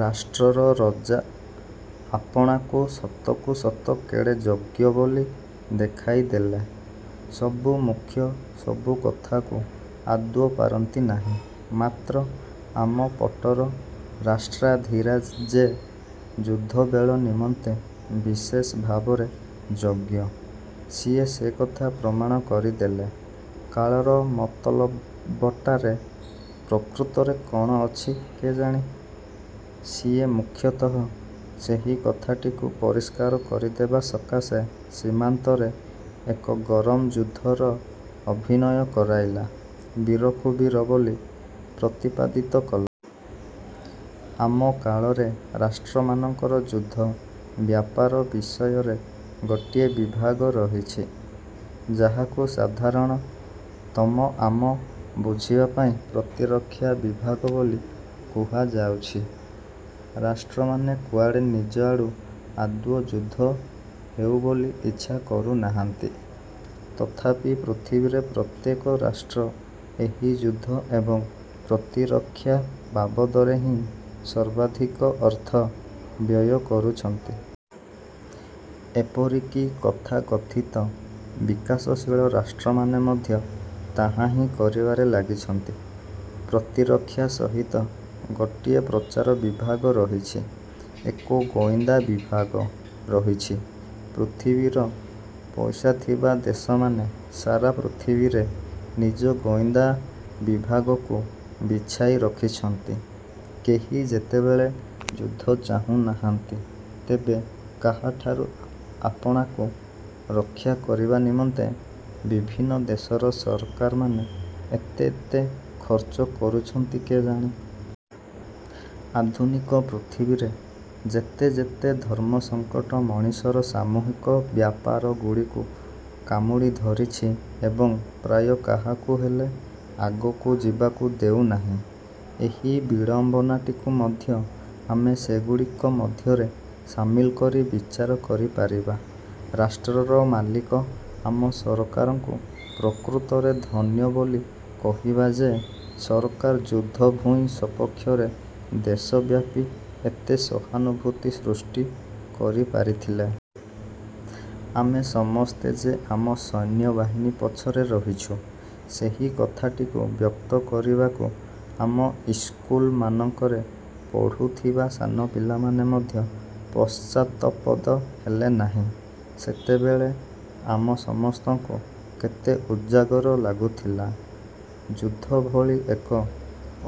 ରାଷ୍ଟ୍ରର ରଜା ଆପଣାକୁ ସତକୁ ସତ କେଡ଼େ ଯୋଗ୍ୟ ବୋଲି ଦେଖାଇଦେଲେ। ସବୁ ମୁଖ୍ୟ ସବୁ କଥାକୁ ଆଦୌ ପାରନ୍ତି ନାହିଁ। ମାତ୍ର ଆମ ପଟର ରାଷ୍ଟ୍ରାଧିରାଜ ଯେ ଯୁଦ୍ଧବେଳ ନିମନ୍ତେ ବିଶେଷ ଭାବରେ ଯୋଗ୍ୟ, ସିଏ ସେକଥା ପ୍ରମାଣ କରିଦେଲେ। କାଳର ମତଲବଟାରେ ପ୍ରକୃତରେ କ'ଣ ଅଛି କେଜାଣି, ସିଏ ମୁଖ୍ୟତଃ ସେହି କଥାଟିକୁ ପରିଷ୍କାର କରିଦେବା ସକାଶେ ସୀମାନ୍ତରେ ଏକ ଗରମ ଯୁଦ୍ଧର ଅଭିନୟ କରାଇଲା, ବୀରକୁ ବୀର ବୋଲି ପ୍ରତିପାଦିତ କଲା। ଆମ କାଳରେ ରାଷ୍ଟ୍ରମାନଙ୍କର ଯୁଦ୍ଧ-ବ୍ୟାପାର ବିଷୟରେ ଗୋଟିଏ ବିଭାଗ ରହିଛି, ଯାହାକୁ ସାଧାରଣ ତମ ଆମ ବୁଝିବା ପାଇଁ ପ୍ରତିରକ୍ଷା ବିଭାଗ ବୋଲି କୁହାଯାଉଛି। ରାଷ୍ଟ୍ରମାନେ କୁଆଡ଼େ ନିଜଆଡ଼ୁ ଆଦୌ ଯୁଦ୍ଧ ହେଉ ବୋଲି ଇଚ୍ଛା କରୁନାହାନ୍ତି। ତଥାପି ପୃଥିବୀରେ ପ୍ରତ୍ୟେକ ରାଷ୍ଟ୍ର ଏହି ଯୁଦ୍ଧ ଏବଂ ପ୍ରତିରକ୍ଷା ବାବଦରେ ହିଁ ସର୍ବାଧିକ ଅର୍ଥ ବ୍ୟୟ କରୁଛନ୍ତି। ଏପରିକି, ତଥାକଥିତ ବିକାଶଶୀଳ ରାଷ୍ଟ୍ରମାନେ ମଧ୍ୟ ତାହାହିଁ କରିବାରେ ଲାଗିଛନ୍ତି। ପ୍ରତିରକ୍ଷା ସହିତ ଗୋଟିଏ ପ୍ରଚାର ବିଭାଗ ରହିଛି। ଏକ ଗୋଇନ୍ଦା ବିଭାଗ ରହିଛି। ପୃଥିବୀର ପଇସାଥିବା ଦେଶମାନେ ସାରା ପୃଥିବୀରେ ନିଜ ଗୋଇନ୍ଦା ବିଭାଗକୁ ବିଛାଇ ରଖିଛନ୍ତି। କେହି ଯେତେବେଳେ ଯୁଦ୍ଧ ଚାହୁନାହାନ୍ତି, ତେବେ କାହାଠାରୁ ଆପଣାକୁ ରକ୍ଷା କରିବା ନିମନ୍ତେ ବିଭିନ୍ନ ଦେଶର ସରକାରମାନେ ଏତେ ଏତେ ଖର୍ଚ୍ଚ କରୁଛନ୍ତି କେଜାଣି? ଆଧୁନିକ ପୃଥିବୀରେ ଯେତେ ଯେତେ ଧର୍ମସଂକଟ ମଣିଷର ସାମୂହିକ ବ୍ୟାପାରଗୁଡ଼ିକୁ କାମୁଡ଼ି ଧରିଛି ଏବଂ ପ୍ରାୟ କାହାକୁ ହେଲେ ଆଗକୁ ଯିବାକୁ ଦେଉନାହିଁ, ଏହି ବିଡ଼ମ୍ବନାଟିକୁ ମଧ୍ୟ ଆମେ ସେଗୁଡ଼ିକ ମଧ୍ୟରେ ସାମିଲ କରି ବିଚାର କରିପାରିବା। ରାଷ୍ଟ୍ରର ମାଲିକ ଆମ ସରକାରଙ୍କୁ ପ୍ରକୃତରେ ଧନ୍ୟ ବୋଲି କହିବା ଯେ ସରକାର ଯୁଦ୍ଧଭୂଇଁ ସପକ୍ଷରେ ଦେଶବ୍ୟାପୀ ଏତେ ସହାନୁଭୂତି ସୃଷ୍ଟି କରି ପାରିଥିଲେ। ଆମେ ସମସ୍ତେ ଯେ ଆମ ସୈନ୍ୟବାହିନୀ ପଛରେ ରହିଛୁ, ସେହି କଥାଟିକୁ ବ୍ୟକ୍ତ କରିବାକୁ ଆମ ଇସ୍କୁଲମାନଙ୍କରେ ପଢୁଥିବା ସାନ ପିଲାମାନେ ମଧ୍ୟ ପଶ୍ଚାତପଦ ହେଲେ ନାହିଁ। ସେତେବେଳେ ଆମ ସମସ୍ତଙ୍କୁ କେତେ ଉଜାଗର ଲାଗୁଥିଲା। ଯୁଦ୍ଧଭଳି ଏକ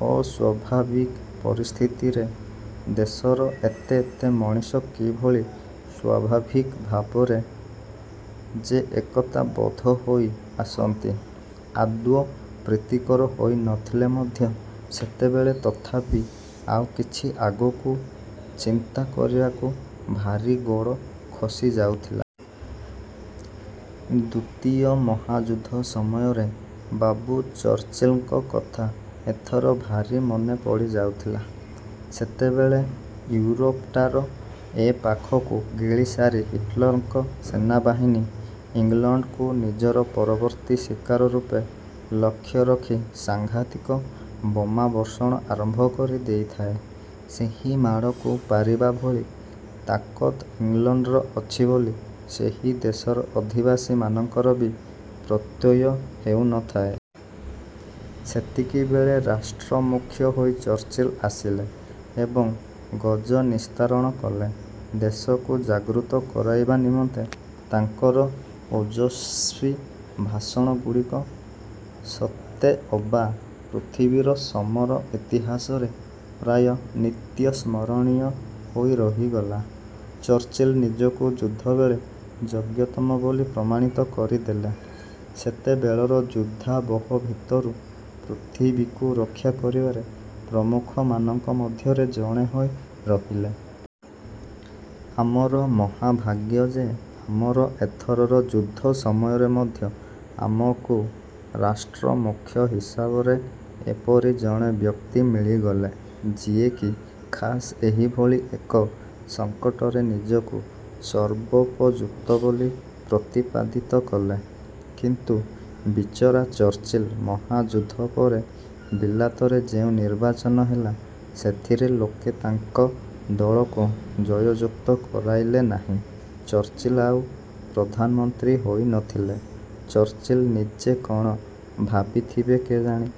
ଅସ୍ୱାଭାବିକ ପରିସ୍ଥିତିରେ ଦେଶର ଏତେ ଏତେ ମଣିଷ କିଭଳି ସ୍ୱାଭାବିକ ଭାବରେ ଯେ ଏକତାବଦ୍ଧ ହୋଇ ଆସନ୍ତି, ଆଦୌ ପ୍ରୀତିକର ହୋଇ ନଥିଲେ ମଧ୍ୟ ସେତେବେଳେ ତଥାପି ଆଉ କିଛି ଆଗକୁ ଚିନ୍ତା କରିବାକୁ ଭାରି ଗୋଡ଼ ଖସି ଯାଉଥିଲା। ଦ୍ଵିତୀୟ ମହାଯୁଦ୍ଧ ସମୟରେ ବାବୁ ଚର୍ଚ୍ଚିଲଙ୍କ କଥା ଏଥର ଭାରି ମନେ ପଡ଼ିଯାଉଥିଲା। ସେତେବେଳେ ଇଉରୋପଟାର ଏପାଖକୁ ଗିଳିସାରି ହିଟଲରଙ୍କ ସେନାବାହିନୀ ଇଂଲଣ୍ଡକୁ ନିଜର ପରବର୍ତ୍ତୀ ଶିକାର ରୂପେ ଲକ୍ଷ୍ୟ ରଖି ସାଂଘାତିକ ବୋମାବର୍ଷଣ ଆରମ୍ଭ କରି ଦେଇଥାଏ। ସେହି ମାଡ଼କୁ ପାରିବା ଭଳି ତାକତ ଇଂଲଣ୍ଡର ଅଛି ବୋଲି ସେହି ଦେଶର ଅଧିବାସୀମାନଙ୍କର ବି ପ୍ରତ୍ୟୟ ହେଉନଥାଏ। ସେତିକିବେଳେ ରାଷ୍ଟ୍ରମୁଖ୍ୟ ହୋଇ ଚର୍ଚ୍ଚିଲ ଆସିଲେ ଏବଂ ଗଜନିସ୍ତାରଣ କଲେ। ଦେଶକୁ ଜାଗୃତ କରାଇବା ନିମନ୍ତେ ତାଙ୍କର ଓଜସ୍ୱୀ ଭାଷଣଗୁଡ଼ିକ ସତେଅବା ପୃଥିବୀର ସମର-ଇତିହାସରେ ପ୍ରାୟ ନିତ୍ୟସ୍ମରଣୀୟ ହୋଇ ରହିଗଲା। ଚର୍ଚ୍ଚିଲ୍ ନିଜକୁ ଯୁଦ୍ଧବେଳେ ଯୋଗ୍ୟତମ ବୋଲି ପ୍ରମାଣିତ କରିଦେଲେ। ସେତେବେଳର ଯୁଦ୍ଧାବହ ଭିତରୁ ପୃଥିବୀକୁ ରକ୍ଷା କରିବାରେ ପ୍ରମୁଖମାନଙ୍କ ମଧ୍ୟରେ ଜଣେ ହୋଇ ରହିଲେ। ଆମର ମହାଭାଗ୍ୟ ଯେ ଆମର ଏଥରର ଯୁଦ୍ଧ ସମୟରେ ମଧ୍ୟ ଆମକୁ ରାଷ୍ଟ୍ରମୁଖ୍ୟ ହିସାବରେ ଏପରି ଜଣେ ବ୍ୟକ୍ତି ମିଳିଗଲେ, ଯିଏକି ଖାସ୍ ଏହିଭଳି ଏକ ସଂକଟରେ ନିଜକୁ ସର୍ବୋପଯୁକ୍ତ ବୋଲି ପ୍ରତିପାଦିତ କଲେ। କିନ୍ତୁ ବିଚରା ଚର୍ଚ୍ଚିଲ। ମହାଯୁଦ୍ଧ ପରେ ବିଲାତରେ ଯେଉଁ ନିର୍ବାଚନ ହେଲା, ସେଥିରେ ଲୋକେ ତାଙ୍କ ଦଳକୁ ଜୟଯୁକ୍ତ କରାଇଲେ ନାହିଁ। ଚର୍ଚ୍ଚିଲ ଆଉ ପ୍ରଧାନମନ୍ତ୍ରୀ ହୋଇନଥିଲେ। ଚର୍ଚ୍ଚିଲ ନିଜେ କ'ଣ ଭାବିଥିବେ କେଜାଣି,